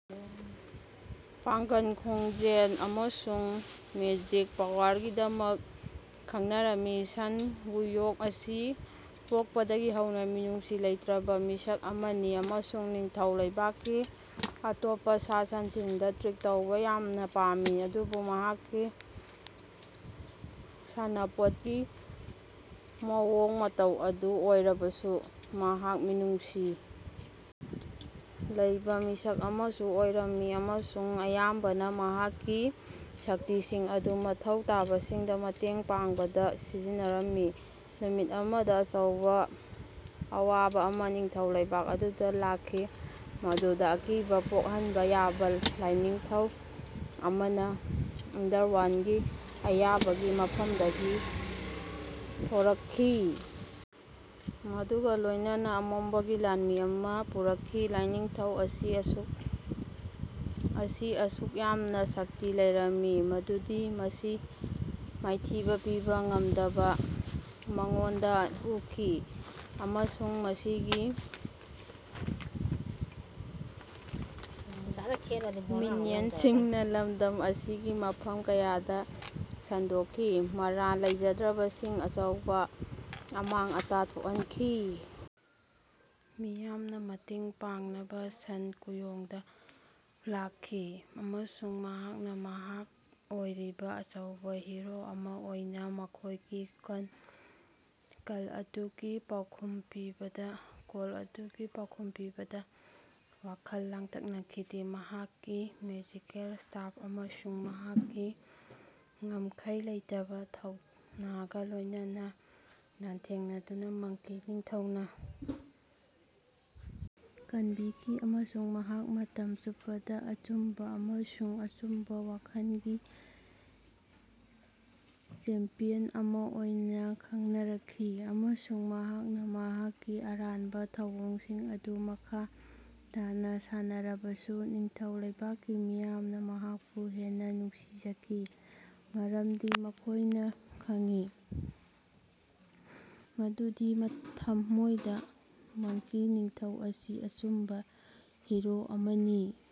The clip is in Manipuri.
ꯄꯥꯡꯒꯜ, ꯈꯣꯡꯖꯦꯜ ꯑꯃꯁꯨꯡ ꯃꯦꯖꯤꯛ ꯄꯥꯋꯔꯒꯤꯗꯃꯛ ꯈꯪꯅꯔꯝꯃꯤ꯫ ꯁꯟ ꯋꯨꯀꯣꯡ ꯑꯁꯤ ꯄꯣꯛꯄꯗꯒꯤ ꯍꯧꯅ ꯃꯤꯅꯨꯡꯁꯤ ꯂꯩꯇꯔꯕ ꯃꯤꯁꯛ ꯑꯃꯅꯤ ꯑꯃꯁꯨꯡ ꯅꯤꯡꯊꯧ ꯂꯩꯕꯥꯛꯀꯤ ꯑꯇꯣꯞꯄ ꯁꯥ-ꯁꯟꯁꯤꯡꯗ ꯇ꯭ꯔꯤꯛ ꯇꯧꯕ ꯌꯥꯝꯅ ꯄꯥꯝꯃꯤ꯫ ꯑꯗꯨꯕꯨ ꯃꯍꯥꯛꯀꯤ ꯁꯥꯟꯅꯄꯣꯠꯀꯤ ꯃꯑꯣꯡ ꯃꯇꯧ ꯑꯗꯨ ꯑꯣꯏꯔꯕꯁꯨ ꯃꯍꯥꯛ ꯃꯤꯅꯨꯡꯁꯤ ꯂꯩꯕ ꯃꯤꯁꯛ ꯑꯃꯁꯨ ꯑꯣꯏꯔꯝꯃꯤ ꯑꯃꯁꯨꯡ ꯑꯌꯥꯝꯕꯅ ꯃꯍꯥꯛꯀꯤ ꯁꯛꯇꯤꯁꯤꯡ ꯑꯗꯨ ꯃꯊꯧ ꯇꯥꯕꯁꯤꯡꯗ ꯃꯇꯦꯡ ꯄꯥꯡꯕꯗ ꯁꯤꯖꯤꯟꯅꯔꯝꯃꯤ꯫ ꯅꯨꯃꯤꯠ ꯑꯃꯗ ꯑꯆꯧꯕ ꯑꯋꯥꯕ ꯑꯃ ꯅꯤꯡꯊꯧ ꯂꯩꯕꯥꯛ ꯑꯗꯨꯗ ꯂꯥꯛꯈꯤ, ꯃꯗꯨꯗ ꯑꯀꯤꯕ ꯄꯣꯛꯍꯟꯕ ꯌꯥꯕ ꯂꯥꯏꯅꯤꯡꯊꯧ ꯑꯃꯅ ꯑꯟꯗꯔꯋ꯭ꯔꯜꯗꯀꯤ ꯑꯋꯥꯡꯕ ꯃꯐꯝꯗꯒꯤ ꯊꯣꯔꯛꯈꯤ, ꯃꯗꯨꯒ ꯂꯣꯏꯅꯅ ꯑꯃꯝꯕꯒꯤ ꯂꯥꯟꯃꯤ ꯑꯃꯥ ꯄꯨꯔꯛꯈꯤ꯫ ꯂꯥꯏꯅꯤꯡꯊꯧ ꯑꯁꯤ ꯑꯁꯨꯛ ꯌꯥꯝꯅ ꯁꯛꯇꯤ ꯂꯩꯔꯝꯃꯤ ꯃꯗꯨꯗꯤ ꯃꯁꯤ ꯃꯥꯏꯊꯤꯕ ꯄꯤꯕ‌ ꯉꯝꯗꯕ ꯃꯑꯣꯡꯗ ꯎꯈꯤ, ꯑꯃꯁꯨꯡ ꯃꯁꯤꯒꯤ ꯃꯤꯅꯤꯌꯟꯁꯤꯡꯅ ꯂꯝꯗꯝ ꯑꯁꯤꯒꯤ ꯃꯐꯝ ꯀꯌꯥꯗ ꯁꯟꯗꯣꯛꯈꯤ, ꯃꯔꯥꯜ ꯂꯩꯖꯗ꯭ꯔꯕꯁꯤꯡꯗ ꯑꯆꯧꯕ ꯑꯃꯥꯡ ꯑꯇ ꯊꯣꯛꯍꯟꯈꯤ꯫ ꯃꯤꯌꯥꯝꯅ ꯃꯇꯦꯡ ꯄꯥꯡꯅꯕ ꯁꯟ ꯋꯨꯀꯣꯡꯗ ꯂꯥꯛꯈꯤ, ꯑꯃꯁꯨꯡ ꯃꯍꯥꯛꯅ ꯃꯍꯥꯛ ꯑꯣꯏꯔꯤꯕ ꯑꯆꯧꯕ ꯍꯤꯔꯣ ꯑꯃ ꯑꯣꯏꯅ ꯃꯈꯣꯏꯒꯤ ꯀꯜ ꯑꯗꯨꯒꯤ ꯄꯥꯎꯈꯨꯝ ꯄꯤꯕꯗꯥ ꯋꯥꯈꯜ ꯂꯥꯡꯇꯛꯅꯈꯤꯗꯦ꯫ ꯃꯍꯥꯛꯀꯤ ꯃꯦꯖꯤꯀꯦꯜ ꯁ꯭ꯇꯥꯐ ꯑꯃꯁꯨꯡ ꯃꯍꯥꯛꯀꯤ ꯉꯝꯈꯩ ꯂꯩꯇꯕ ꯊꯧꯅꯥꯒ ꯂꯣꯏꯅꯅ ꯂꯥꯟꯊꯦꯡꯅꯗꯨꯅ ꯃꯪꯀꯤ ꯅꯤꯡꯊꯧꯅ ꯀꯟꯕꯤꯈꯤ ꯑꯃꯁꯨꯡ ꯃꯍꯥꯛ ꯃꯇꯝ ꯆꯨꯞꯄꯗ ꯑꯆꯨꯝꯕ ꯑꯃꯁꯨꯡ ꯑꯆꯨꯝꯕ ꯋꯥꯈꯜꯒꯤ ꯆꯦꯝꯄꯤꯌꯟ ꯑꯃ ꯑꯣꯏꯅ ꯈꯡꯅꯔꯛꯈꯤ꯫ ꯑꯃꯁꯨꯡ ꯃꯍꯥꯛꯅ ꯃꯍꯥꯛꯀꯤ ꯑꯔꯥꯟꯕ ꯊꯧꯑꯣꯡꯁꯤꯡ ꯑꯗꯨ ꯃꯈꯥ ꯇꯥꯅ ꯁꯥꯟꯅꯔꯕꯁꯨ, ꯅꯤꯡꯊꯧ ꯂꯩꯕꯥꯛꯀꯤ ꯃꯤꯌꯥꯝꯅ ꯃꯍꯥꯛꯄꯨ ꯍꯦꯟꯅ ꯅꯨꯡꯁꯤꯖꯈꯤ, ꯃꯔꯝꯗꯤ ꯃꯈꯣꯏꯅ ꯈꯪꯏ ꯃꯗꯨꯗꯤ ꯊꯝꯃꯣꯏꯗ ꯃꯪꯀꯤ ꯅꯤꯡꯊꯧ ꯑꯁꯤ ꯑꯆꯨꯝꯕ ꯍꯤꯔꯣ ꯑꯃꯅꯤ꯫